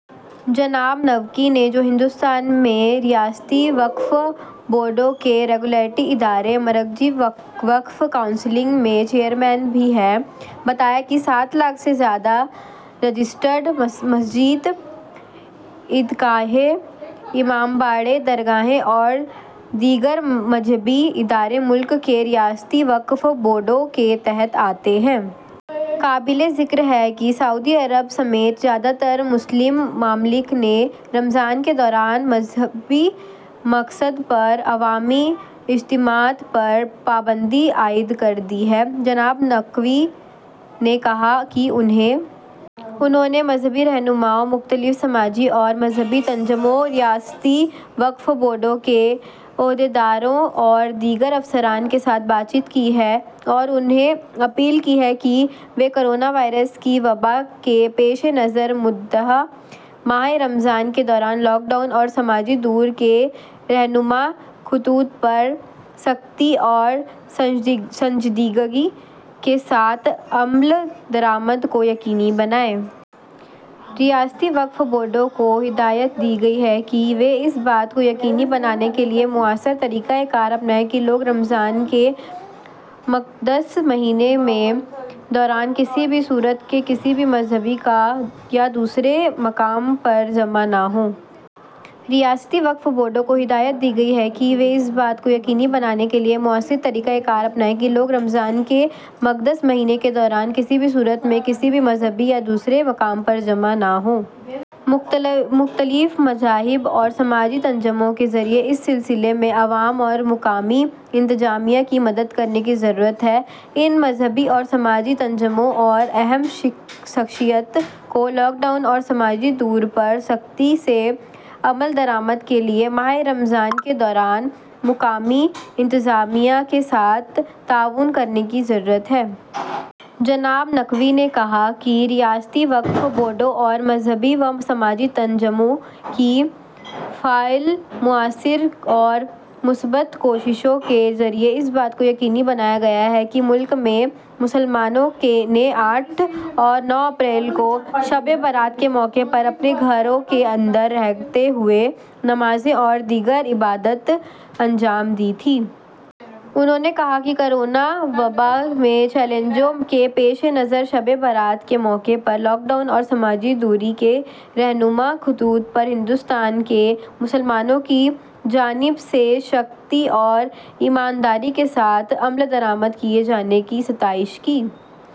جناب نقوی نے، جو بھارت میں ریاستی وقف بورڈوں کے ریگولیٹری ادارے، مرکزی وقف کونسل کے چیئرمین بھی ہیں، بتایا کہ سات لاکھ سے زیادہ رجسٹرڈ مساجد، عید گاہیں، امام باڑے، درگاہیں اور دیگر مذہبی ادارے ملک کے ریاستی وقف بورڈوں کے تحت آتے ہیں۔ قابلِ ذکر ہے کہ سعودی عرب سمیت زیادہ تر مسلم ممالک نے رمضان کے دوران مذہبی مقامات پر عوامی اجتماعات پر پابندی عائد کر دی ہے۔ جناب نقوی نے کہا کہ انہوں نے بہت سے مذہبی رہنماؤں، مختلف سماجی اور مذہبی تنظیموں، ریاستی وقف بورڈوں کے عہدیداروں اور دیگر افسران کے ساتھ بات چیت کی ہے اور ان سے اپیل کی ہے کہ وہ کورونا وائرس کی وبا کے پیشِ نظر مقدس ماہِ رمضان کے دوران لاک ڈاؤن اور سماجی دوری کے رہنما خطوط پر سختی اور سنجیدگی کے ساتھ عمل درآمد کو یقینی بنائیں۔ انہیں اس بات کو یقینی بنانا چاہیے کہ لوگ رمضان کے دوران اپنے گھروں کے اندر رہ کر تمام مذہبی عبادات انجام دیں۔ جناب نقوی نے کہا کہ مرکزی وقف کونسل کے ذریعے ریاستی وقف بورڈوں کو ہدایت دی گئی ہے کہ وہ اس بات کو یقینی بنانے کے لیے مؤثر طریقۂ کار اپنائیں کہ لوگ رمضان کے مقدس مہینے کے دوران کسی بھی صورت میں کسی مذہبی یا دوسرے مقام پر جمع نہ ہوں۔ مختلف مذاہب اور سماجی تنظیموں کے ذریعے اس سلسلے میں عوام اور مقامی انتظامیہ کی مدد کرنے کی ضرورت ہے۔ ان مذہبی اور سماجی تنظیموں اور اہم شخصیات کو لاک ڈاؤن اور سماجی دوری پر سختی سے عمل درآمد کے لیے ماہِ رمضان کے دوران مقامی انتظامیہ کے ساتھ تعاون کرنے کی ضرورت ہے۔ جناب نقوی نے کہا کہ ریاستی وقف بورڈوں اور مذہبی و سماجی تنظیموں کی فعال، مؤثر اور مثبت کوششوں کے ذریعے اس بات کو یقینی بنایا گیا ہے کہ ملک کے مسلمانوں نے آٹھ اور نو اپریل کو شبِ برات کے موقع پر اپنے گھروں کے اندر رہتے ہوئے نمازیں اور دیگر عبادات انجام دی تھیں۔ انہوں نے کہا کہ کورونا وبا کے چیلنجوں کے پیشِ نظر شبِ برات کے موقع پر لاک ڈاؤن اور سماجی دوری کے رہنما خطوط پر بھارت کے مسلمانوں کی جانب سے سختی اور ایمانداری کے ساتھ عمل درآمد کیے جانے کی ستائش کی۔